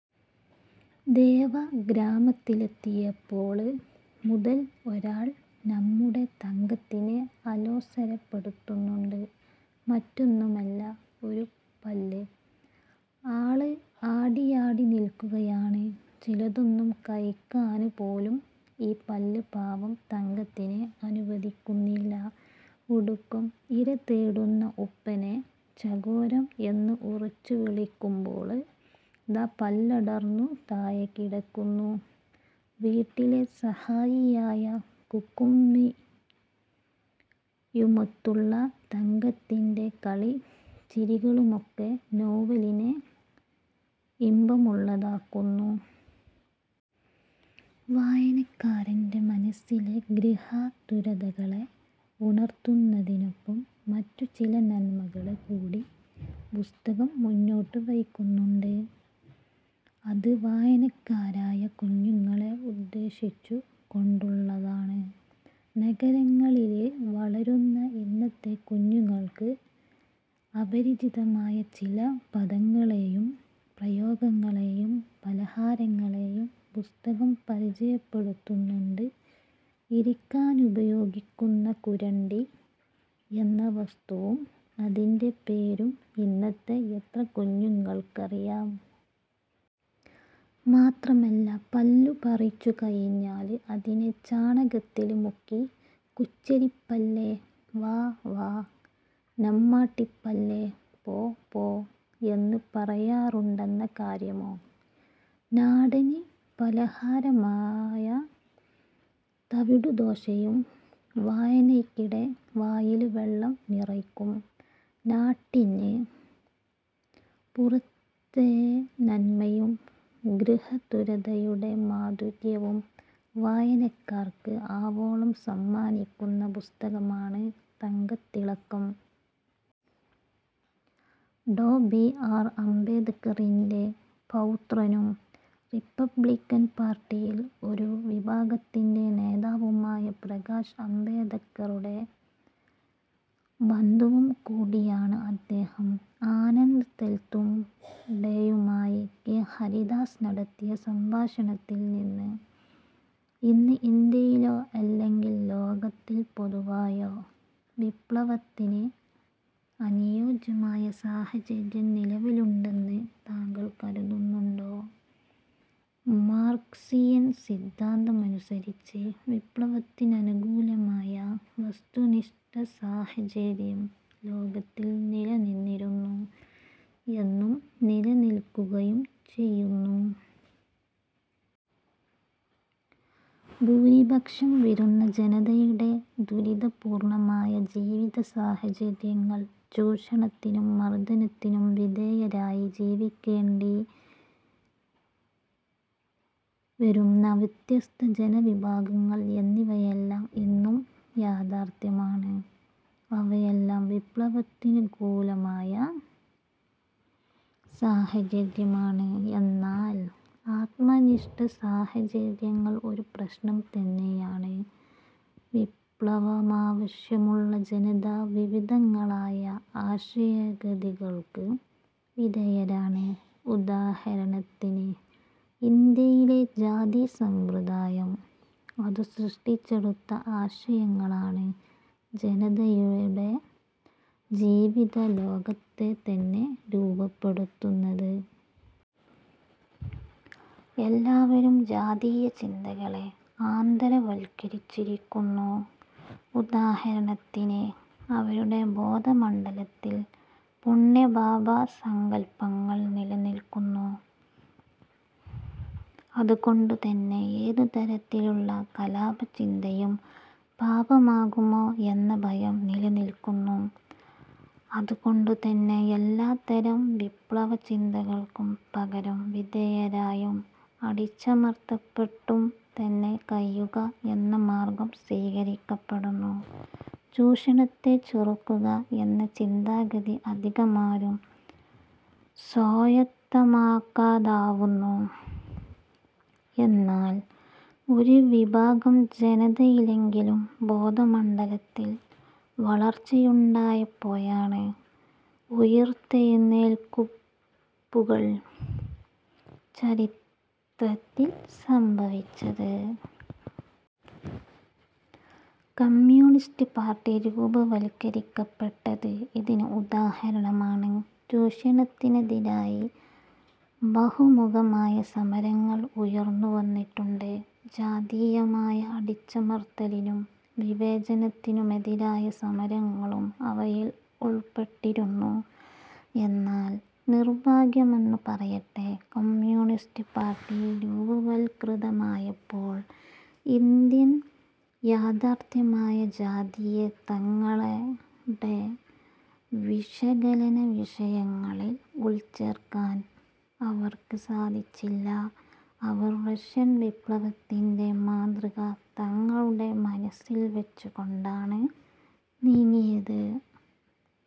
ദേവഗ്രാമത്തിലെത്തിയപ്പോള് മുതല് ഒരാള് നമ്മുടെ തങ്കത്തിനെ അലോസരപ്പെടുത്തുന്നുണ്ട്. മറ്റൊന്നുമല്ല ഒരു പല്ല്. ആള് ആടിയാടി നില്ക്കുകയാണ്. ചിലതൊന്നും കഴിക്കാന് പോലും ഈ പല്ല് പാവം തങ്കത്തിനെ അനുവദിക്കുന്നില്ല. ഒടുക്കം ഇര തേടുന്ന ഉപ്പനെ ചകോരം എന്ന് ഉറച്ചു വിളിക്കുമ്പോള് ദാ പല്ലടര്ന്നു താഴെക്കിടക്കുന്നു. വീട്ടിലെ സഹായിയായ കുക്കുമ്മിയുമൊത്തുള്ള തങ്കത്തിന്റെ കളിചിരികളുമൊക്കെ നോവലിനെ ഇമ്പമുള്ളതാക്കുന്നു. വായനക്കാരന്റെ മനസ്സിലെ ഗൃഹാതുരതകളെ ഉണര്ത്തുന്നതിനൊപ്പം മറ്റുചില നന്മകള് കൂടി പുസ്തകം മുന്നോട്ടു വയ്ക്കുന്നുണ്ട്. അത് വായനക്കാരായ കുഞ്ഞുങ്ങളെ ഉദ്ദേശിച്ചു കൊണ്ടുള്ളതാണ്. നഗരങ്ങളില് വളരുന്ന ഇന്നത്തെ കുഞ്ഞുങ്ങള്ക്ക് അപരിചിതമായ ചില പദങ്ങളെയും പ്രയോഗങ്ങളെയും പലഹാരങ്ങളെയും പുസ്തകം പരിചയപ്പെടുത്തുന്നുണ്ട്. ഇരിക്കാനുപയോഗിക്കുന്ന കുരണ്ടി എന്ന വസ്തുവും അതിന്റെ പേരും ഇന്നത്തെ എത്ര കുഞ്ഞുങ്ങള്ക്കറിയാം. മാത്രമല്ല പല്ലു പറിച്ചു കഴിഞ്ഞാല് അതിനെ ചാണകത്തില് മുക്കി കുച്ചരിപ്പല്ലേ വാ വാ നമ്മാട്ടിപ്പല്ലേ പോ പോ എന്നു പറയാറുണ്ടെന്ന കാര്യമോ. നാടന് പലഹാരമായ തവിടുദോശയും വായനയ്ക്കിടെ വായില് വെള്ളം നിറയ്ക്കും. നാട്ടിന് പുറത്തെ നന്മയും ഗൃഹാതുരതയുടെ മാധുര്യവും വായനക്കാര്ക്ക് ആവോളം സമ്മാനിക്കുന്ന പുസ്തകമാണ് 'തങ്കത്തിളക്കം'. ഡോ. ബി. ആർ. അംബേദ്കറിന്റെ പൗത്രനും റിപ്പബ്ളിക്കൻ പാർട്ടിയിൽ ഒരു വിഭാഗത്തിന്റെ നേതാവുമായ പ്രകാശ് അംബേദ്കറുടെ ബന്ധുവും കൂടിയാണ് അദ്ദേഹം. ആനന്ദ് തെൽതുംഡെയുമായി കെ. ഹരിദാസ് നടത്തിയ സംഭാഷണത്തിൽനിന്ന്:ഇന്ന് ഇന്ത്യയിലോ അല്ലെങ്കിൽ ലോകത്തിൽ പൊതുവായോ വിപ്ളവത്തിന് അനുയോജ്യമായ സാഹചര്യം നിലവിലുണ്ടെന്ന് താങ്കൾ കരുതുന്നുണ്ടോ മാർക്സിയൻ സിദ്ധാന്തമനുസരിച്ച് വിപ്ളവത്തിനനുകൂലമായ വസ്തുനിഷ്ഠസാഹചര്യം ലോകത്തിൽ നിലനിന്നിരുന്നു, എന്നും നിലനിൽക്കുകയും ചെയ്യുന്നു. ഭൂരിപക്ഷം വരുന്ന ജനതയുടെ ദുരിതപൂർണമായ ജീവിതസാഹചര്യങ്ങൾ, ചൂഷണത്തിനും മർദനത്തിനും വിധേയരായി ജീവിക്കേണ്ടിവരുന്ന വ്യത്യസ്ത ജനവിഭാഗങ്ങൾ എന്നിവയെല്ലാം ഇന്നും യാഥാർഥ്യമാണ്. അവയെല്ലാം വിപ്ളവത്തിനനുകൂലമായ സാഹചര്യമാണ്. എന്നാൽ, ആത്മനിഷ്ഠസാഹചര്യങ്ങൾ ഒരു പ്രശ്നം തന്നെയാണ്. വിപ്ളവമാവശ്യമുള്ള ജനത വിവിധങ്ങളായ ആശയഗതികൾക്ക് വിധേയരാണ്. ഉദാഹരണത്തിന് ഇന്ത്യയിലെ ജാതിസമ്പ്രദായം. അതു സൃഷ്ടിച്ചെടുത്ത ആശയങ്ങളാണ് ജനതയുടെ ജീവിതലോകത്തെതന്നെ രൂപപ്പെടുത്തുന്നത്. എല്ലാവരും ജാതീയചിന്തകളെ ആന്തരവത്കരിച്ചിരിക്കുന്നു. ഉദാഹരണത്തിന് അവരുടെ ബോധമണ്ഡലത്തിൽ പുണ്യപാപസങ്കല്പങ്ങൾ നിലനിൽക്കുന്നു. അതുകൊണ്ടുതന്നെ ഏതുതരത്തിലുള്ള കലാപചിന്തയും പാപമാകുമോ എന്ന ഭയം നിലനിൽക്കുന്നു. അതുകൊണ്ടുതന്നെ എല്ലാത്തരം വിപ്ളവചിന്തകൾക്കും പകരം വിധേയരായും അടിച്ചമർത്തപ്പെട്ടുംതന്നെ കഴിയുക എന്ന മാർഗം സ്വീകരിക്കപ്പെടുന്നു. ചൂഷണത്തെ ചെറുക്കുക എന്ന ചിന്താഗതി അധികമാരും സ്വായത്തമാക്കാതാവുന്നു. എന്നാൽ, ഒരുവിഭാഗം ജനതയിലെങ്കിലും ബോധമണ്ഡലത്തിൽ വളർച്ചയുണ്ടായപ്പോഴാണ് ഉയിർത്തെഴുന്നേൽപ്പുകൾ ചരിത്രത്തിൽ സംഭവിച്ചത്. കമ്യൂണിസ്റ്റ് പാർട്ടി രൂപവത്കരിക്കപ്പെട്ടത് ഇതിന് ഉദാഹരണമാണ്. ചൂഷണത്തിനെതിരായി ബഹുമുഖമായ സമരങ്ങൾ ഉയർന്നുവന്നിട്ടുണ്ട്. ജാതീയമായ അടിച്ചമർത്തലിനും വിവേചനത്തിനുമെതിരായ സമരങ്ങളും അവയിൽ ഉൾപ്പെട്ടിരുന്നു. എന്നാൽ, നിർഭാഗ്യമെന്നു പറയട്ടെ കമ്യൂണിസ്റ്റ് പാർട്ടി രൂപവത്കൃതമായപ്പോൾ ഇന്ത്യൻ യാഥാർഥ്യമായ ജാതിയെ തങ്ങളുടെ വിശകലനവിഷയങ്ങളിൽ ഉൾച്ചേർക്കാൻ അവർക്ക് സാധിച്ചില്ല. അവർ റഷ്യൻ വിപ്ളവത്തിന്റെ മാതൃക തങ്ങളുടെ മനസ്സിൽവെച്ചുകൊണ്ടാണ് നീങ്ങിയത്.